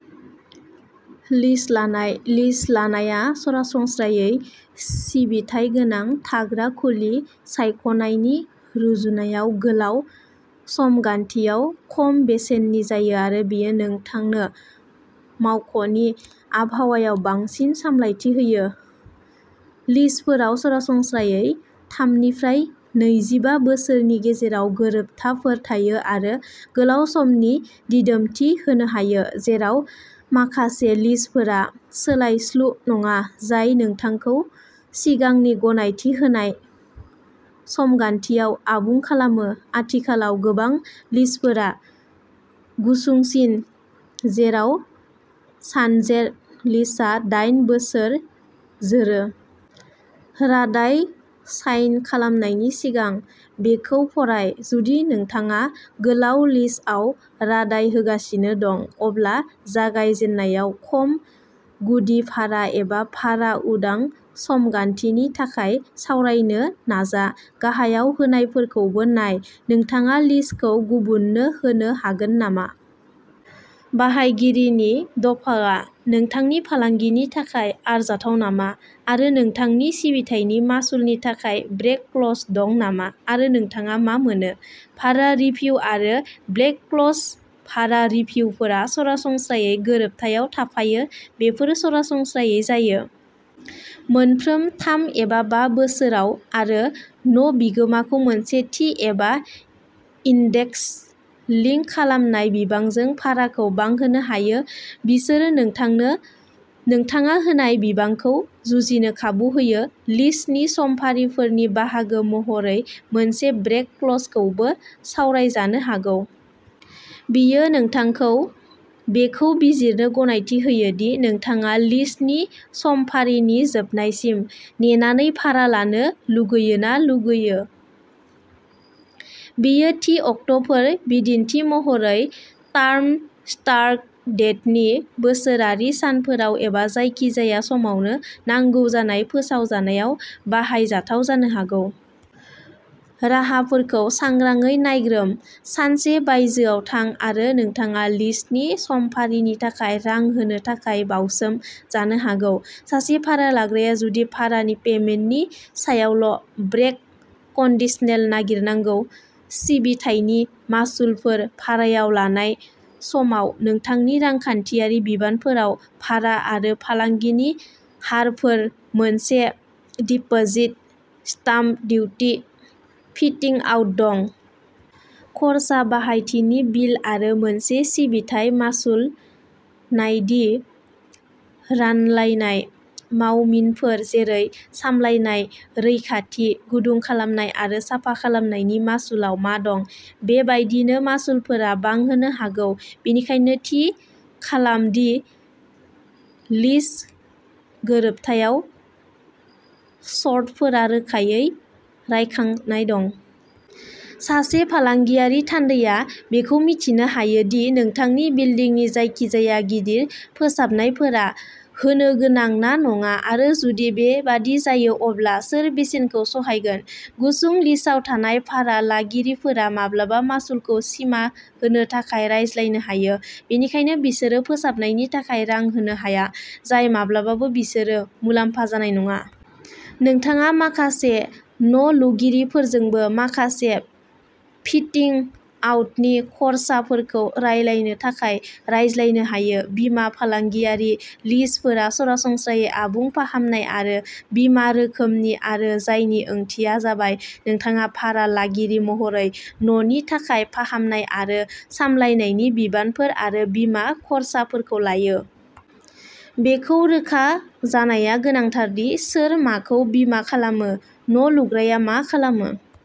लिज लानायः लिज लानायआ सरासनस्रायै सिबिथाय गोनां थाग्रा खुलि सायख'नायनि रुजुनायाव गोलाव समगान्थियाव खम बेसेननि जायो आरो बेयो नोंथांनो मावख'नि आबहावायाव बांसिन सामलायथि होयो। लिजफोराव सरासनस्रायै थामनिफ्राय नैजि‌ बा बोसोरनि गेजेराव गोरोबथाफोर थायो आरो गोलाव समनि दिदोमथि होनो हायो, जेराव माखासे लिजफोरा सोलायस्लु नङा, जाय नोंथांखौ सिगांनि गनायथि होजानाय समगान्थियाव आबुं खालामो, आथिखालाव गोबां लिजफोरा गुसुंसिन, जेराव सानजेर लिजआ दाइन बोसोर जोरो। रादाय साइन खालामनायनि सिगां बेखौ फराय। जुदि नोंथाङा गोलाव लिजआव रादाय होगासिनो दं, अब्ला जागायजेननायाव खम गुदि भारा एबा भारा-उदां समगान्थिनि थाखाय सावरायनो नाजा। गाहायाव होनायफोरखौबो नायः नोंथाङा लिजखौ गुबुननो होनो हागोन नामा? बाहायगिरिनि दफाआ नोंथांनि फालांगिनि थाखाय आरजाथाव नामा? आरो नोंथांनि सिबिथायनि मासुलनि थाखाय ब्रेक क्लज दं नामा आरो नोंथाङा मा मोनो? भारा रिभ्यु आरो ब्रेक क्लजः भारा रिभ्युफोरा सरासनस्रायै गोरोबथायाव थाफायो। बेफोर सरासनस्रायै जायो। मोनफ्रोम थाम एबा बा बोसोराव आरो न'बिगोमाखौ मोनसे थि एबा इन्डेक्स-लिंक खालामनाय बिबांजों भाराखौ बांहोनो हायो। बिसोर नोंथांनो नोंथाङा होनाय बिबांखौ जुजिनो खाबु होयो। लीजनि समफारिफोरनि बाहागो महरै मोनसे ब्रेक क्लजखौबो सावरायजानो हागौ। बेयो नोंथांखौ बेखौ बिजिरनो गनायथि होयो दि नोंथाङा लीजनि समफारिनि जोबनायसिम नेनानै भारा लानो लुगैयो ना लुगैयो। बेयो थि अक्ट'फोर-बिदिन्थि महरै टार्म स्टार्ट डेटनि बोसोरारि सानफोराव-एबा जायखिजाया समावनो नांगौ जानाय फोसावनायाव बाहायजाथाव जानो हागौ। राहाफोरखौ सांग्राङै नायग्रोम; सानसे बायजोआव थां आरो नोंथाङा लीजनि समफारिनि थाखाय रां होनो थाखाय बाउसोम जानो हागौ। सासे भारा लाग्राया गुदि भारानि पेमेन्टनि सायावल'ब्रेक कन्डिशनेल नागिरनांगौ। सिबिथायनि मासुलफोरः भारायाव लानाय समाव नोंथांनि रांखान्थियारि बिबानफोराव भारा आरो फालांगिनि हारफोर, मोनसे डिपोजिट, स्टाम्प डिउटि, फिटिं-आउट दं। खर्सा, बाहायथिनि बिल आरो मोनसे सिबिथाय मासुल। नायदि रानलायनाय मावमिनफोर जेरै सामलायनाय, रैखाथि, गुदुं खालामनाय आरो साफा खालामनायनि मासुलआव मा दं। बेबायदिनो, मासुलफोरा बांहोनो हागौ, बेनिखायनो थि खालाम दि लिज गोरोबथायाव सर्तफोरा रोखायै रायखांनाय दं। सासे फालांगियारि थान्दैआ बेखौ मिथिनो हायो दि नोंथांनि बिल्दिंनि जायखिजाया गिदिर फोसाबनायफोरा होनोगोनां ना नङा आरो जुदि बेबादि जायो अब्ला सोर बेसेनखौ सहायगोन। गुसुं लिजआव थानाय भारा लागिरिफोरा माब्लाबा मासुलखौ सिमा होनो थाखाय रायज्लायनो हायो, बेनिखायनो बिसोरो फोसाबनायनि थाखाय रां होनो हाया जाय माब्लाबाबो बिसोरनो मुलाम्फा जानाय नङा। नोंथाङा माखासे न'लुगिरिफोरजोंबो माखासे फिटिं-आउट खर्साफोरखौ रानलायनो थाखाय रायज्लायनो हायो। बीमाः फालांगियारि लिजफोरा सरासनस्रायै'आबुं फाहामनाय आरो बीमा' रोखोमनि आरो, जायनि ओंथिया जाबाय नोंथाङा भारा लागिरि महरै न'नि थाखाय फाहामनाय आरो सामलायनायनि बिबानफोर आरो बीमा खर्साफोरखौ लायो। बेखौ रोखा जानाया गोनांथार दि सोर माखौ बीमा खालामो। न'लुग्राया मा खालामो।